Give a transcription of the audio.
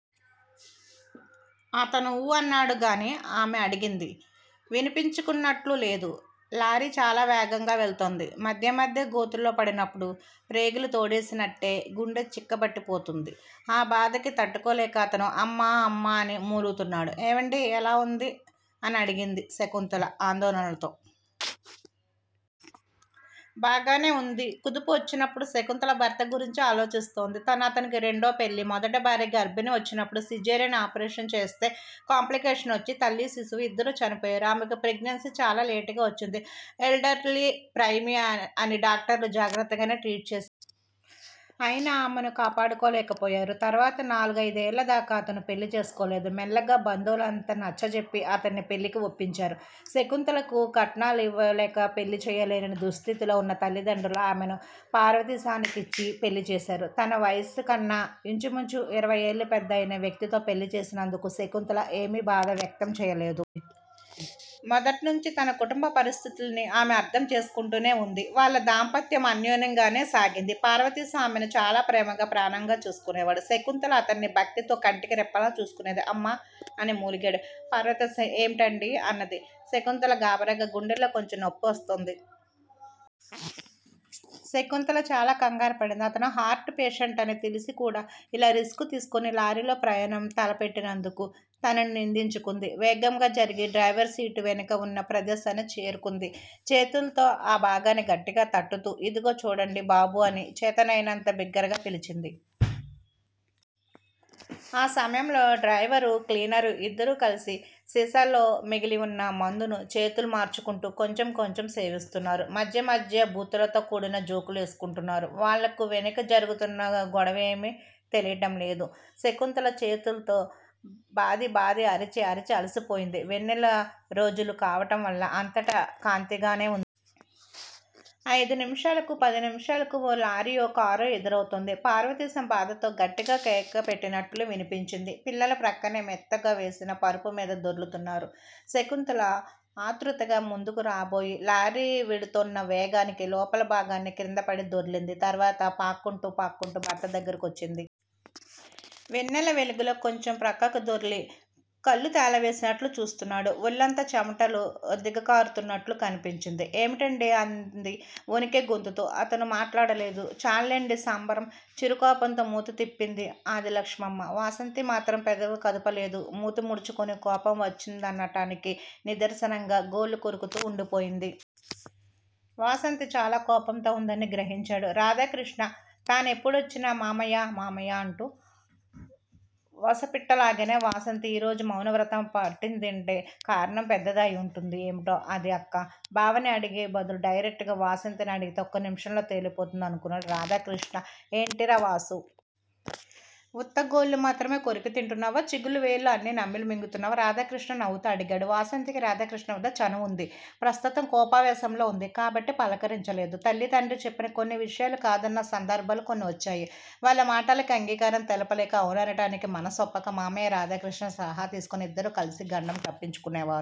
అతను ఊ అన్నాడు గానీ ఆమె అడిగింది వినిపించుకున్నట్లు లేదు. లారీ చాలా వేగంగా వెళ్తోంది. మధ్య మధ్య గోతుల్లో పడినప్పుడు ప్రేగులు తోడేసినటే గుండె చిక్కబట్టిపోతోంది. ఆ బాధకి తట్టుకోలేక అతను అమ్మా! అమ్మా! అని మూలుగుతున్నాడు. ఏవండీ! ఎలా వుంది? అనడిగింది శకుంతల ఆందోళనలతో. బాగానే ఉంది. కుదుపు వచ్చినప్పుడు శకుంతల భర్త గురించి ఆలోచిస్తోంది. తన అతనికి రెండో పెళ్ళి. మొదటి భార్య గర్భణి వచ్చినప్పుడు సిజేరియన్ ఆపరేషన్ చేస్తే కాంప్లికేషనొచ్చి తల్లి శిశువూ యిద్దరూ చనిపోయారు. ఆమెకు ప్రెగ్నెన్సీ చాలా లేటుగా వచ్చింది. ఎల్డర్లీ ఫ్రైమియ అని డాక్టర్లు జాగ్రత్తగానే ట్రీట్ చేశా. అయినా ఆమెను కాపాడుకోలేకపోయారు. తర్వాత నాలుగయిదేళ్ళదాకా అతను పెళ్ళి చేసుకోలేదు. మెల్లగా బంధువులంతా నచ్చజెప్పి అతన్ని పెళ్ళికి ఒప్పించారు. శకుంతలకు కట్నాలివలేక పెళ్ళి చెయ్యలేని దుస్థితిలో వున్న తలిదండ్రులు ఆమెను పార్వతీశానికిచ్చి పెళ్ళి చేశారు. తన వయసుకన్న యించుమించు ఇరవైఏళ్లు పెద్ద అయిన వ్యక్తితో పెళ్ళి చేసినందుకు శకుంతల ఏమి బాధ వ్యక్తం చేయ్యలేదు. మొదట్నుచీ తన కుటుంబ పరిస్థితుల్ని ఆమె అర్థం చేసుకుంటూనే వుంది. వాళ్ళ దాంపత్యం అన్యోన్యంగానే సాగింది. పార్వతీశం ఆమెను చాలా ప్రేమగా ప్రాణంగా చూసుకునేవాడు. శకుంతల అతన్ని భక్తితో కంటికి రెప్పలా చూసుకొనేది. అమ్మా! అని మూలిగాడు పార్వతీశం. ఏమిటండీ? అన్నది శకుంతల గాభరాగా. గుండెల్లో కొంచెం నొప్పి వస్తోంది. శకుంతల చాలా కంగారుపడింది. అతను హార్ట్ పేషెంటని తెలిసికూడా ఇలా రిస్క్ తీసుకోని లారీలో ప్రయాణం తలపెట్టినందుకు తనని నిందించుకుంది. వేగంగా జరిగి డ్రైవరు సీటు వెనక వున్న ప్రదేశాన్ని చేరుకుంది. చేతుల్తో ఆ భాగాన్ని గట్టిగా తట్టుతూ ఇదిగో చూడండి బాబూ అని చేతనైనంత బిగ్గరగా పిలిచింది. ఆ సమయంలో డ్రైవరు క్లీనరు యిద్దరూ కలిసి సీసాలో మిగిలివున్న మందును చేతులు మార్చుకుంటూ కొంచెం కొంచెం సేవిస్తున్నారు. మధ్య మధ్య బూతులతో కూడిన జోకులేసుకుంటున్నారు. వాళ్ళకు వెనక జరుగుతూన్న గొడవేమి తెలీడంలేదు. శకుంతల చేతుల్తో బాది బాది అరిచి అరిచి అలసిపోయింది. వెన్నెల రోజులు కావటంవల్ల అంతటా కాంతిగానే వు. అయిదు నిమిషాలకూ పది నిమిషాలకు ఓ లారీయో కారో ఎదురవుతోంది. పార్వతీశం బాధతో గట్టిగా కేకపెట్టినట్లు వినిపించింది. పిల్లలు ప్రక్కనే మెత్తగా వేసిన పరుపుమీద దొర్లుతున్నారు. శకుంతల ఆతృతగా ముందుకు రాబోయి లారీ వెడుతోన్న వేగానికి లోపల భాగానే క్రిందపడి దొర్లింది. తర్వాత పాక్కుంటూ పాక్కుంటూ భర్త దగ్గరకు వచ్చింది. వెన్నెల వెలుగులో కొంచెం ప్రక్కకు దొర్లి కళ్ళు తేలవేసినట్లు చూస్తున్నాడు. వొళ్ళంతా చెమటలు దిగకారుతున్నట్లు కనిపించింది. ఏమిటండీ అంది వొణికే గొంతుతో. అతను మాట్లాడలేదు. చాల్లేండి సంబరం. చిరుకోపంతో మూతి తిప్పింది ఆదిలక్షమ్మ. వాసంతి మాత్రం పెదవి కదపలేదు. మూతి ముడుచుకుని కోపం వచ్చిందనటానికి నిదర్శనంగా గోళ్ళు కొరుకుతూ వుండిపోయింది. వాసంతి చాలా కోపంతో వుందని గ్రహించాడు రాధాకృష్ణ. తానెప్పుడొచ్చినా మామయ్యా! మామయ్యా! అంటూ వసపిట్టలాగనే వాసంతి ఈరోజు మౌనవ్రతం పట్టిందంటే కారణం పెద్దదే అయివుంటుంది. ఏమిటో అది? అక్కా బావని అడిగే బదులు డైరెక్టుగా వాసంతినే అడిగితే ఒక్క నిమిషంలో తేలిపోతుంది అనుకున్నాడు రాధాకృష్ణ. ఏంటిరావాసూ! ఉత్త గోళ్ళు మాత్రమే కొరికి తింటున్నావా? చిగుళ్ళు వేళ్ళు అన్నీ నమిలిమింగుతున్నావా? రాధాకృష్ణ నవ్వుతూ అడిగాడు. వాసంతికి రాధాకృష్ణవద్ద చనువుంది. ప్రస్తుతం కోపావేశంలో వుంది కాబట్టి పలకరించలేదు. తల్లి తండ్రి చెప్పిన కొన్ని విషయాలు కాదన్న సందర్భాలు కొన్ని వచ్చాయి. వాళ్ళ మాటలకి అంగీకారం తెలపలేక అవుననటానికి మనసొప్పక మామయ్య రాధాకృష్ణ సలహా తీసుకోని ఇద్దరూ కల్సి గండం తప్పించుకునేవారు.